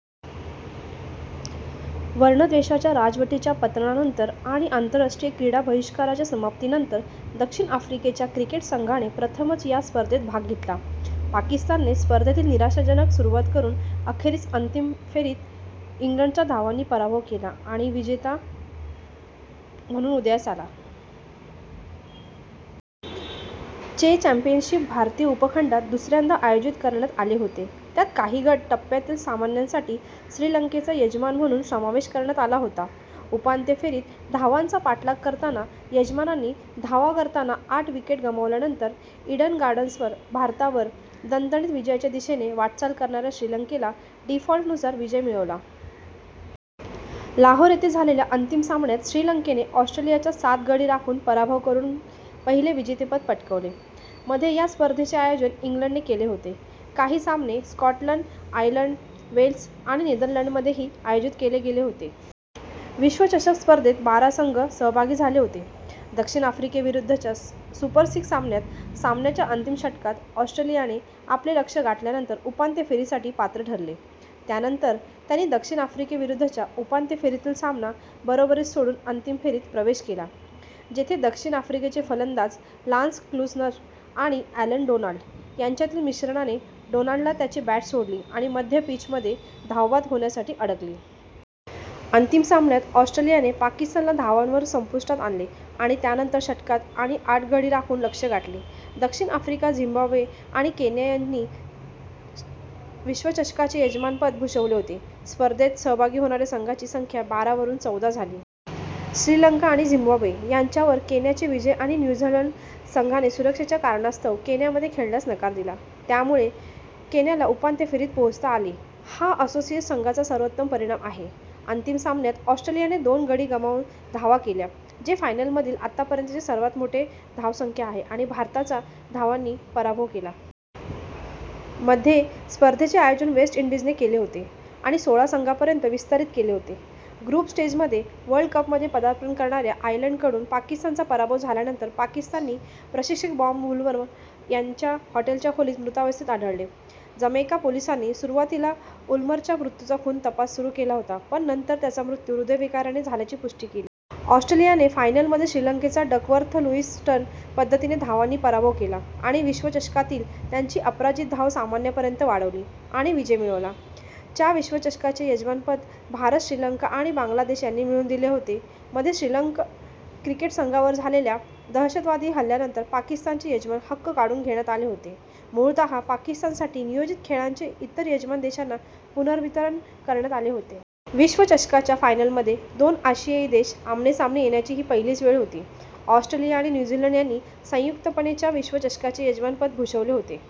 वर्णद्वेषाच्या राजवटीच्या पतनानंतर आणि आंतरराष्ट्रीय क्रीडा बहिष्काराच्या समाप्तीनंतर दक्षिण आफ्रिकेच्या क्रिकेट संघाने प्रथमच या स्पर्धेत भाग घेतला. पाकिस्तानने स्पर्धेतील निराशाजनक सुरुवात करून अखेरीस अंतिम फेरीत इंग्लंडचा धावांनी पराभव केला आणि विजेता म्हणून उदयास आला. चे चॅम्पियनशिप भारतीय उपखंडात दुसऱ्यांदा आयोजित करण्यात आले होते, त्यात काही गट टप्प्यातील सामन्यांसाठी श्रीलंकेचा यजमान म्हणून समावेश करण्यात आला होता. उपांत्य फेरीत, धावांचा पाठलाग करताना यजमानांनी धावा करताना आठ विकेट गमावल्यानंतर, ईडन गार्डन्सवर भारतावर दणदणीत विजयाच्या दिशेने वाटचाल करणाऱ्या श्रीलंकेला डीफॉल्टनुसार विजय मिळाला. लाहोर येथे झालेल्या अंतिम सामन्यात श्रीलंकेने ऑस्ट्रेलियाचा सात गडी राखून पराभव करून पहिले विजेतेपद पटकावले. मध्ये, या स्पर्धेचे आयोजन इंग्लंडने केले होते, काही सामने स्कॉटलंड, आयर्लंड, वेल्स आणि नेदरलँडमध्येही आयोजित केले गेले होते. विश्वचषक स्पर्धेत बारा संघ सहभागी झाले होते. दक्षिण आफ्रिकेविरुद्धच्या सुपर सिक्स सामन्यात सामन्याच्या अंतिम षटकात ऑस्ट्रेलियाने आपले लक्ष्य गाठल्यानंतर उपांत्य फेरीसाठी पात्र ठरले. त्यानंतर त्यांनी दक्षिण आफ्रिकेविरुद्धच्या उपांत्य फेरीतील सामना बरोबरीत सोडवून अंतिम फेरीत प्रवेश केला जेथे दक्षिण आफ्रिकेचे फलंदाज लान्स क्लुसनर आणि ॲलन डोनाल्ड यांच्यातील मिश्रणाने डोनाल्डला त्याची बॅट सोडली आणि मध्य-पिचमध्ये धावबाद होण्यासाठी अडकले. अंतिम सामन्यात ऑस्ट्रेलियाने पाकिस्तानला धावांवर संपुष्टात आणले आणि त्यानंतर षटकांत आणि आठ गडी राखून लक्ष्य गाठले. दक्षिण आफ्रिका, झिम्बाब्वे आणि केन्या यांनी च्या विश्वचषकाचे यजमानपद भूषवले होते. स्पर्धेत सहभागी होणाऱ्या संघांची संख्या बारा वरून चौदा झाली. श्रीलंका आणि झिम्बाब्वे यांच्यावर केन्याचे विजय – आणि न्यू झीलंड संघाने सुरक्षेच्या कारणास्तव केन्यामध्ये खेळण्यास नकार दिला – यामुळे केन्याला उपांत्य फेरीत पोहोचता आले, हा असोसिएट संघाचा सर्वोत्तम परिणाम आहे. अंतिम सामन्यात, ऑस्ट्रेलियाने दोन गडी गमावून धावा केल्या, जे फायनलमधील आतापर्यंतचे सर्वात मोठे धावसंख्या आहे आणि भारताचा धावांनी पराभव केला. मध्ये, स्पर्धेचे आयोजन वेस्ट इंडीजने केले होते आणि सोळा संघांपर्यंत विस्तारित केले होते. ग्रुप स्टेजमध्ये वर्ल्ड कपमध्ये पदार्पण करणाऱ्या आयर्लंडकडून पाकिस्तानचा पराभव झाल्यानंतर, पाकिस्तानी प्रशिक्षक बॉब वुलमर त्यांच्या हॉटेलच्या खोलीत मृतावस्थेत आढळले. जमैका पोलिसांनी सुरुवातीला वूल्मरच्या मृत्यूचा खून तपास सुरू केला होता पण नंतर त्याचा मृत्यू हृदयविकाराने झाल्याची पुष्टी केली. ऑस्ट्रेलियाने फायनलमध्ये श्रीलंकेचा डकवर्थ-लुईस-स्टर्न पद्धतीने धावांनी पराभव केला, आणि विश्वचषकातील त्यांची अपराजित धाव सामन्यांपर्यंत वाढवली आणि विजय मिळवला. च्या विश्वचषकाचे यजमानपद भारत, श्रीलंका आणि बांगलादेश यांनी मिळून दिले होते. मध्ये श्रीलंकन क्रिकेट संघावर झालेल्या दहशतवादी हल्ल्यानंतर पाकिस्तानचे यजमान हक्क काढून घेण्यात आले होते, मूळतः पाकिस्तानसाठी नियोजित खेळांचे इतर यजमान देशांना पुनर्वितरण करण्यात आले होते. विश्वचषकाच्या फायनलमध्ये दोन आशियाई देश आमनेसामने येण्याची ही पहिलीच वेळ होती. ऑस्ट्रेलिया आणि न्यू झीलंड यांनी संयुक्तपणे च्या विश्वचषकाचे यजमानपद भूषवले होते.